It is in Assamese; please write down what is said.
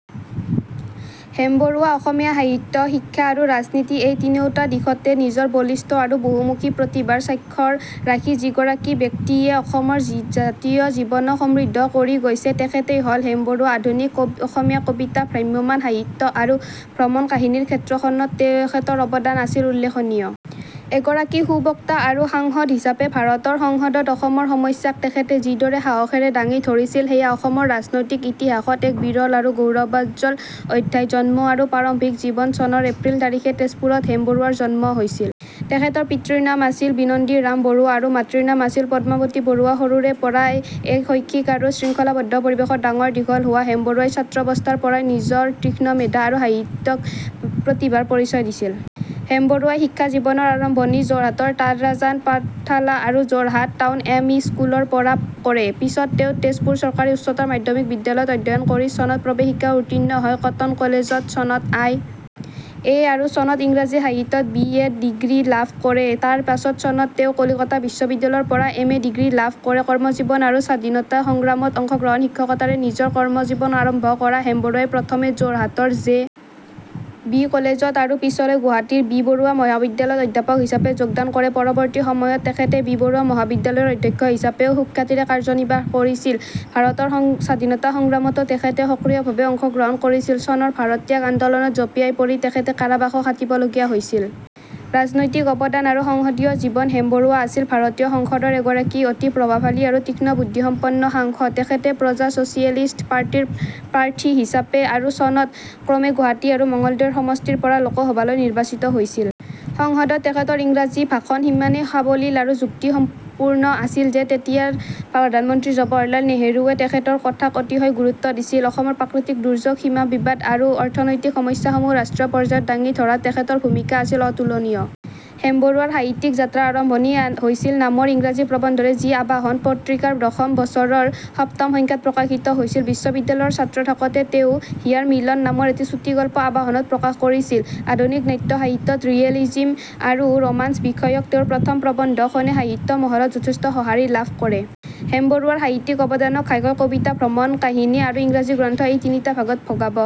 হেম বৰুৱা অসমীয়া সাহিত্য, শিক্ষা আৰু ৰাজনীতি— এই তিনিওটা দিশতে নিজৰ বলিষ্ঠ আৰু বহুমুখী প্ৰতিভাৰ স্বাক্ষৰ ৰাখি যিগৰাকী ব্যক্তিয়ে অসমৰ জাতীয় জীৱনক সমৃদ্ধ কৰি গৈছে, তেখেতেই হ'ল হেম বৰুৱা। আধুনিক অসমীয়া কবিতা, ভ্ৰাম্যমাণ সাহিত্য আৰু ভ্ৰমণ কাহিনীৰ ক্ষেত্ৰখনত তেখেতৰ অৱদান আছিল উল্লেখনীয়। এগৰাকী সুবক্তা আৰু সাংসদ হিচাপে ভাৰতৰ সংসদত অসমৰ সমস্যাক তেখেতে যিদৰে সাহসেৰে দাঙি ধৰিছিল, সেয়া অসমৰ ৰাজনৈতিক ইতিহাসত এক বিৰল আৰু গৌৰৱোজ্জ্বল অধ্যায়। জন্ম আৰু প্ৰাৰম্ভিক জীৱন: চনৰ এপ্ৰিল তাৰিখে তেজপুৰত হেম বৰুৱাৰ জন্ম হৈছিল। তেখেতৰ পিতৃৰ নাম আছিল বিনন্দী ৰাম বৰুৱা আৰু মাতৃৰ নাম আছিল পদ্মাৱতী বৰুৱা। সৰুৰে পৰাই এক শৈক্ষিক আৰু শৃংখলাবদ্ধ পৰিৱেশত ডাঙৰ-দীঘল হোৱা হেম বৰুৱাই ছাত্ৰাৱস্থাৰ পৰাই নিজৰ তীক্ষ্ণ মেধা আৰু সাহিত্যিক প্ৰতিভাৰ পৰিচয় দিছিল। হেম বৰুৱাই শিক্ষা জীৱনৰ আৰম্ভণি যোৰহাটৰ তৰাজান পাঠশালা আৰু যোৰহাট টাউন এম. ই. স্কুলৰ পৰা কৰে। পিছত তেওঁ তেজপুৰ চৰকাৰী উচ্চতৰ মাধ্যমিক বিদ্যালয়ত অধ্যয়ন কৰি চনত প্ৰৱেশিকা উত্তীৰ্ণ হয়। কটন কলেজত চনত আই. এ. আৰু চনত ইংৰাজী সাহিত্যত বি. এ. ডিগ্ৰী লাভ কৰে। তাৰ পাছত চনত তেওঁ কলিকতা বিশ্ববিদ্যালয়ৰ পৰা এম. এ. ডিগ্ৰী লাভ কৰে। কৰ্মজীৱন আৰু স্বাধীনতা সংগ্ৰামত অংশগ্ৰহণ: শিক্ষকতাৰে নিজৰ কৰ্মজীৱন আৰম্ভ কৰা হেম বৰুৱাই প্ৰথমে যোৰহাটৰ জে. বি. কলেজত আৰু পিছলৈ গুৱাহাটীৰ বি. বৰুৱা মহাবিদ্যালয়ত অধ্যাপক হিচাপে যোগদান কৰে। পৰৱৰ্তী সময়ত তেখেতে বি. বৰুৱা মহাবিদ্যালয়ৰ অধ্যক্ষ হিচাপেও সুখ্যাতিৰে কাৰ্যনিৰ্বাহ কৰিছিল। ভাৰতৰ স্বাধীনতা সংগ্ৰামতো তেখেতে সক্ৰিয়ভাৱে অংশগ্ৰহণ কৰিছিল। চনৰ 'ভাৰত ত্যাগ আন্দোলন'ত জঁপিয়াই পৰি তেখেতে কাৰাবাসো খাটিবলগীয়া হৈছিল। ৰাজনৈতিক অৱদান আৰু সংসদীয় জীৱন: হেম বৰুৱা আছিল ভাৰতীয় সংসদৰ এগৰাকী অতি প্ৰভাৱশালী আৰু তীক্ষ্ণ বুদ্ধিসম্পন্ন সাংসদ। তেখেতে 'প্ৰজা ছ'চিয়েলিষ্ট পাৰ্টী'ৰ প্ৰাৰ্থী হিচাপে, আৰু চনত ক্ৰমে গুৱাহাটী আৰু মঙলদৈ সমষ্টিৰ পৰা লোকসভালৈ নিৰ্বাচিত হৈছিল। সংসদত তেখেতৰ ইংৰাজী ভাষণ ইমানেই সাৱলীল আৰু যুক্তিপূৰ্ণ আছিল যে তেতিয়াৰ প্ৰধানমন্ত্ৰী জৱাহৰলাল নেহৰুৱেও তেখেতৰ কথাক অতিশয় গুৰুত্ব দিছিল। অসমৰ প্ৰাকৃতিক দুৰ্যোগ, সীমা বিবাদ আৰু অৰ্থনৈতিক সমস্যাসমূহ ৰাষ্ট্ৰীয় পৰ্যায়ত দাঙি ধৰাত তেখেতৰ ভূমিকা আছিল অতুলনীয়। হেম বৰুৱাৰ সাহিত্যিক যাত্ৰাৰ আৰম্ভণি হৈছিল নামৰ ইংৰাজী প্ৰবন্ধৰে, যি "আৱাহন" পত্ৰিকাৰ দশম বছৰৰ সপ্তম সংখ্যাত প্ৰকাশিত হৈছিল। বিশ্ববিদ্যালয়ৰ ছাত্ৰ থাকোতে তেওঁ হিয়াৰ মিলন নামৰ এটি চুটিগল্প আৱাহনত প্ৰকাশ কৰিছিল। আধুনিক নাট্য সাহিত্যত ৰিয়েলিজম আৰু ৰোমান্স বিষয়ক তেওঁৰ প্ৰথম প্ৰবন্ধখনে সাহিত্য মহলত যথেষ্ট সঁহাৰি লাভ কৰে। হেম বৰুৱাৰ সাহিত্যিক অৱদানক ঘাইকৈ কবিতা, ভ্ৰমণ কাহিনী আৰু ইংৰাজী গ্ৰন্থ— এই তিনিটা ভাগত ভগাব